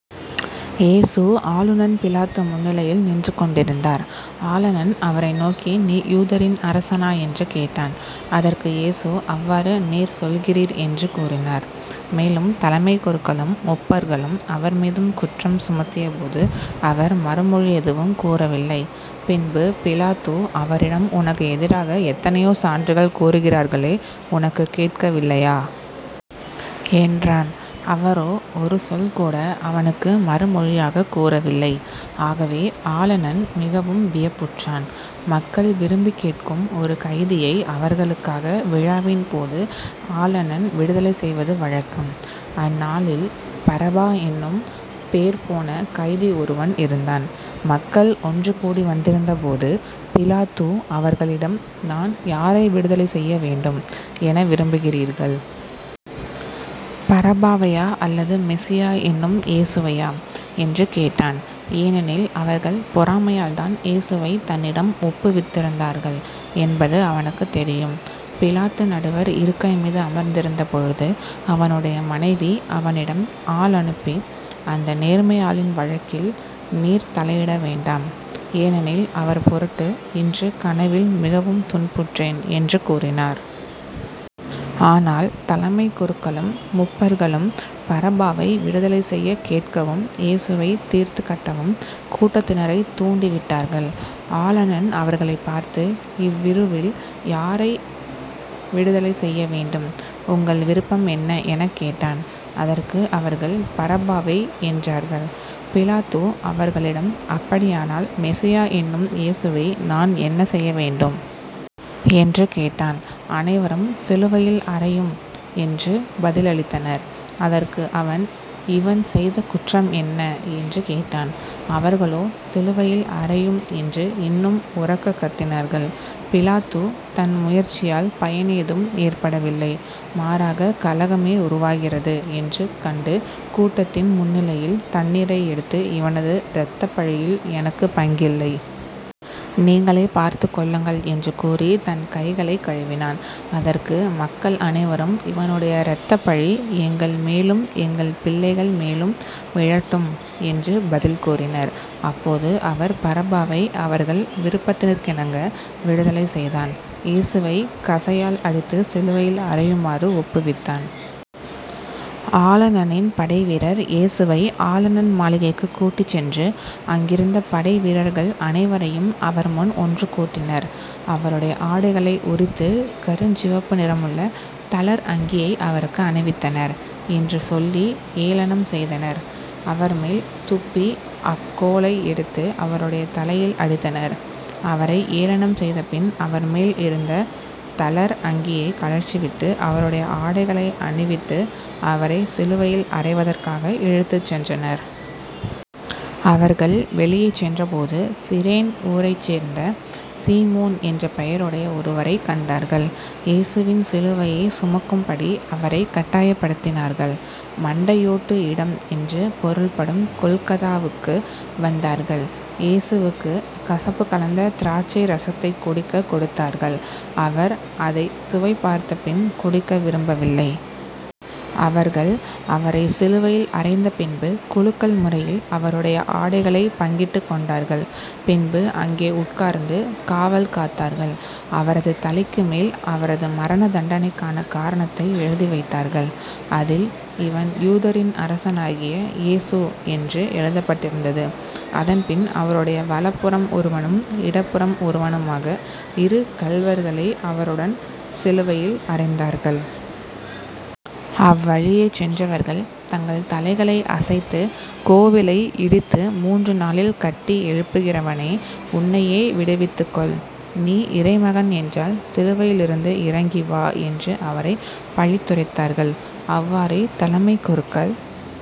இயேசு ஆளுநன் பிலாத்து முன்னிலையில் நின்று கொண்டிருந்தார். ஆளநன் அவரை நோக்கி நீ யூதரின் அரசனா? என்று கேட்டான். அதற்கு இயேசு அவ்வாறு நீர் சொல்கிறீர் என்று கூறினார். மேலும் தலைமைக் குருக்களும் முப்பர்களும் அவர்மீதும் குற்றம் சுமத்தியபோது அவர் மறுமொழி எதுவும் கூறவில்லை. பின்பு பிலாத்து அவரிடம் உனக்கு எதிராக எத்தனையோ சான்றுகள் கூறுகிறார்களே உனக்குக் கேட்கவில்லையா? என்றான். அவரோ ஒரு சொல்கூட அவனுக்கு மறுமொழியாகக் கூறவில்லை. ஆகவே ஆளநன் மிகவும் வியப்புற்றான். மக்கள் விரும்பிக் கேட்கும் ஒரு கைதியை அவர்களுக்காக, விழாவின் போது ஆளநன் விடுதலை செய்வது வழக்கம். அந்நாளில் பரபா என்னும் பேர்போன கைதி ஒருவன் இருந்தான். மக்கள் ஒன்றுகூடி வந்திருந்தபோது பிலாத்து அவர்களிடம் நான் யாரை விடுதலை செய்யவேண்டும் என விரும்புகிறீர்கள்? பரபாவையா? அல்லது மெசியா என்னும் இயேசுவையா? என்று கேட்டான். ஏனெனில் அவர்கள் பொறாமையால்தான் இயேசுவைத் தன்னிடம் ஒப்புவித்திருந்தார்கள் என்பது அவனுக்குத் தெரியும். பிலாத்து நடுவர் இருக்கைமீது அமர்ந்திருந்தபொழுது அவனுடைய மனைவி அவனிடம் ஆளனுப்பி அந்த நேர்மையாளின் வழக்கில் நீர் தலையிட வேண்டாம். ஏனெனில் அவர்பொருட்டு இன்று கனவில் மிகவும் துன்புற்றேன் என்று கூறினார். ஆனால் தலைமைக் குருக்களும் முப்பர்களும் பரபாவை விடுதலை செய்யக் கேட்கவும் இயேசுவைத் தீர்த்துக்கட்டவும் கூட்டத்தினரைத் தூண்டி விட்டார்கள். ஆளநன் அவர்களைப் பார்த்து இவ்விருவில் யாரை விடுதலை செய்யவேண்டும்? உங்கள் விருப்பம் என்ன? எனக் கேட்டான். அதற்கு அவர்கள் பரபாவை என்றார்கள். பிலாத்து அவர்களிடம் அப்படியானால் மெசியா என்னும் இயேசுவை நான் என்ன செய்ய வேண்டும்? என்று கேட்டான். அனைவரும் சிலுவையில் அறையும் என்று பதிலளித்தனர். அதற்கு அவன் இவன் செய்த குற்றம் என்ன? என்று கேட்டான். அவர்களோ சிலுவையில் அறையும் என்று இன்னும் உரக்கக் கத்தினார்கள். பிலாத்து தன் முயற்சியால் பயனேதும் ஏற்படவில்லை. மாறாகக் கலகமே உருவாகிறது என்று கண்டு கூட்டத்தின் முன்னிலையில் தண்ணீரை எடுத்து இவனது இரத்தப்பழியில் எனக்குப் பங்கில்லை. நீங்களே பார்த்துக்கொள்ளுங்கள் என்று கூறித் தன் கைகளைக் கழுவினான். அதற்கு மக்கள் அனைவரும் இவனுடைய இரத்தப்பழி எங்கள்மேலும் எங்கள் பிள்ளைகள் மேலும் விழட்டும் என்று பதில் கூறினர். அப்போது அவர் பரபாவை அவர்கள் விருப்பத்திற்கிணங்க விடுதலை செய்தான் இயேசுவைக் கசையால் அடித்துச் சிலுவையில் அறையுமாறு ஒப்புவித்தான். ஆளநனின் படைவீரர் இயேசுவை ஆளநன் மாளிகைக்குக் கூட்டிச் சென்று அங்கிருந்த படைவீரர்கள் அனைவரையும் அவர்முன் ஒன்று கூட்டினர் அவருடைய ஆடைகளை உரித்து, கருஞ்சிவப்பு நிறமுள்ள தளர் அங்கியை அவருக்கு அணிவித்தனர். என்று சொல்லி ஏளனம் செய்தனர் அவர்மேல் துப்பி அக்கோலை எடுத்து அவருடைய தலையில் அடித்தனர் அவரை ஏளனம் செய்தபின் அவர்மேல் இருந்த தளர் அங்கியைக் கழற்றிவிட்டு அவருடைய ஆடைகளை அணிவித்து அவரைச் சிலுவையில் அறைவதற்காக இழுத்துச் சென்றனர். அவர்கள் வெளியே சென்ற போது சிரேன் ஊரைச் சேர்ந்த சீமோன் என்ற பெயருடைய ஒருவரைக் கண்டார்கள் இயேசுவின் சிலுவையைச் சுமக்கும்படி அவரைக் கட்டாயப்படுத்தினார்கள். மண்டையோட்டு இடம் என்று பொருள்படும் கொல்கொதாவுக்கு வந்தார்கள் இயேசுவுக்குக் கசப்பு கலந்த திராட்சை இரசத்தைக் குடிக்கக் கொடுத்தார்கள். அவர் அதைச் சுவை பார்த்தபின் குடிக்க விரும்பவில்லை. அவர்கள் அவரைச் சிலுவையில் அறைந்த பின்பு குலுக்கல் முறையில் அவருடைய ஆடைகளைப் பங்கிட்டுக்கொண்டார்கள் பின்பு அங்கே உட்கார்ந்து காவல் காத்தார்கள் அவரது தலைக்கு மேல் அவரது மரணதண்டனைக்கான காரணத்தை எழுதி வைத்தார்கள். அதில் இவன் யூதரின் அரசனாகிய இயேசு என்று எழுதப்பட்டிருந்தது. அதன்பின் அவருடைய வலப்புறம் ஒருவனும் இடப்புறம் ஒருவனுமாக இரு கள்வர்களை அவருடன் சிலுவைகளில் அறைந்தார்கள். அவ்வழியே சென்றவர்கள் தங்கள் தலைகளை அசைத்து கோவிலை இடித்து மூன்று நாளில் கட்டி எழுப்புகிறவனே உன்னையே விடுவித்துக்கொள். நீ இறைமகன் என்றால் சிலுவையிலிருந்து இறங்கி வா என்று அவரைப் பழித்துரைத்தார்கள். அவ்வாறே தலைமைக் குருக்கள்,